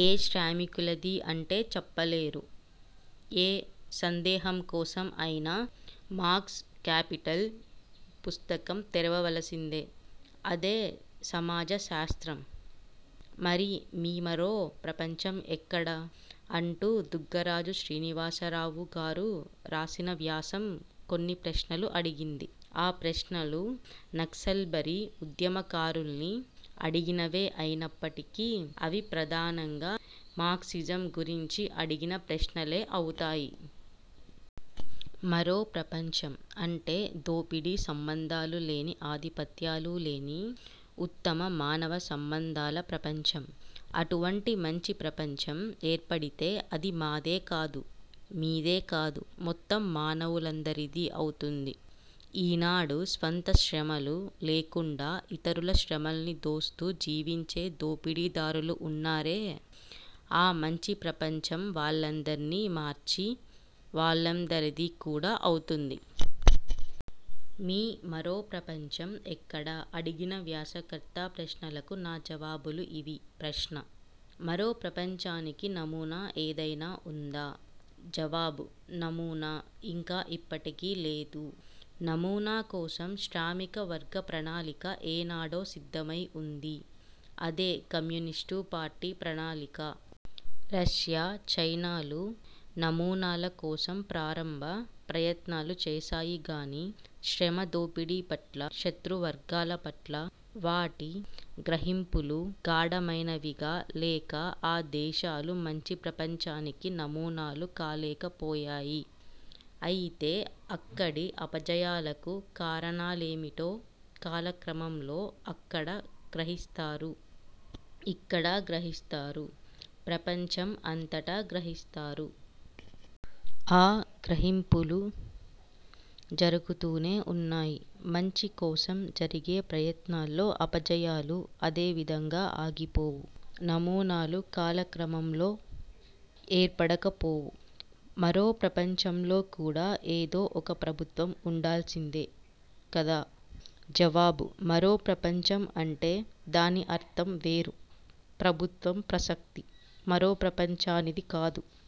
''ఏ శ్రామికులది'' అంటే, చెప్పలేరు. ఏ సందేహం కోసం అయినా, మార్క్స్ ''కాపిటల్'' పుస్తకం తెరవ వలిసిందే! అదే సమాజ శాస్త్రం మరి! ''మీమరో ప్రపంచం ఎక్కడ? '' అంటూ, దుగ్గరాజు శ్రీనివాసరావు గారు రాసిన వ్యాసం కొన్ని ప్రశ్నలు అడిగింది. ఆ ప్రశ్నలు, నక్సల్బరీ ఉద్యమకారుల్ని అడిగినవే అయినప్పటికీ, అవి ప్రధానంగా ''మార్క్సిజం'' గురించి అడిగిన ప్రశ్నలే అవుతాయి. ''మరో ప్రపంచం'' అంటే, దోపిడీ సంబంధాలు లేని, ఆధిపత్యాలు లేని, ఉత్తమ మానవ సంబంధాల ప్రపంచం. అటువంటి మంచి ప్రపంచం ఏర్పడితే, అది ''మాదే'' కాదు; ''మీదే'' కాదు; మొత్తం మానవులందరిదీ అవుతుంది. ఈ నాడు, స్వంత శ్రమలు లేకుండా ఇతరుల శ్రమల్ని దోస్తూ జీవించే దోపిడీదారులు వున్నారే, ఆ మంచి ప్రపంచం, వాళ్ళందర్నీ మార్చి, వాళ్ళందరిదీ కూడా అవుతుంది. ''మీ మరో ప్రపంచం ఎక్కడ? '' అని అడిగిన వ్యాసకర్త ప్రశ్నలకు నా జవాబులు ఇవి: ప్రశ్న: మరో ప్రపంచానికి నమూనా ఏదైనా వుందా? జవాబు: నమూనా ఇంకా ఇప్పటికి లేదు. నమూనా కోసం, శ్రామిక వర్గ ప్రణాళిక ఏ నాడో సిద్ధమై వుంది. అదే 'కమ్యూనిస్టు పార్టీ ప్రణాళిక'. రష్యా–చైనాలు, నమూనాల కోసం ప్రారంభ ప్రయత్నాలు చేశాయి గానీ, ''శ్రమ దోపిడీ'' పట్లా, ''శతృ వర్గాల'' పట్లా, వాటి గ్రహింపులు గాఢమైనవిగా లేక, ఆ దేశాలు మంచి ప్రపంచానికి నమూనాలు కాలేకపోయాయి. అయితే, అక్కడి అపజయాలకు కారణాలేమిటో కాల క్రమంలో అక్కడా గ్రహిస్తారు, ఇక్కడా గ్రహిస్తారు, ప్రపంచం అంతటా గ్రహిస్తారు. ఆ గ్రహింపులు జరుగుతూనే వున్నాయి. ''మంచి'' కోసం జరిగే ప్రయత్నాల్లో అపజయాలు అదే విధంగా ఆగిపోవు. నమూనాలు కాల క్రమంలో ఏర్పడక పోవు. మరో ప్రపంచంలో కూడా ఏదో ఒక ప్రభుత్వం ఉండాల్సిందే కదా? జవాబు: ''మరో ప్రపంచం'' అంటే, దాని అర్ధం వేరు. ''ప్రభుత్వం'' ప్రసక్తి, మరో ప్రపంచానిది కాదు.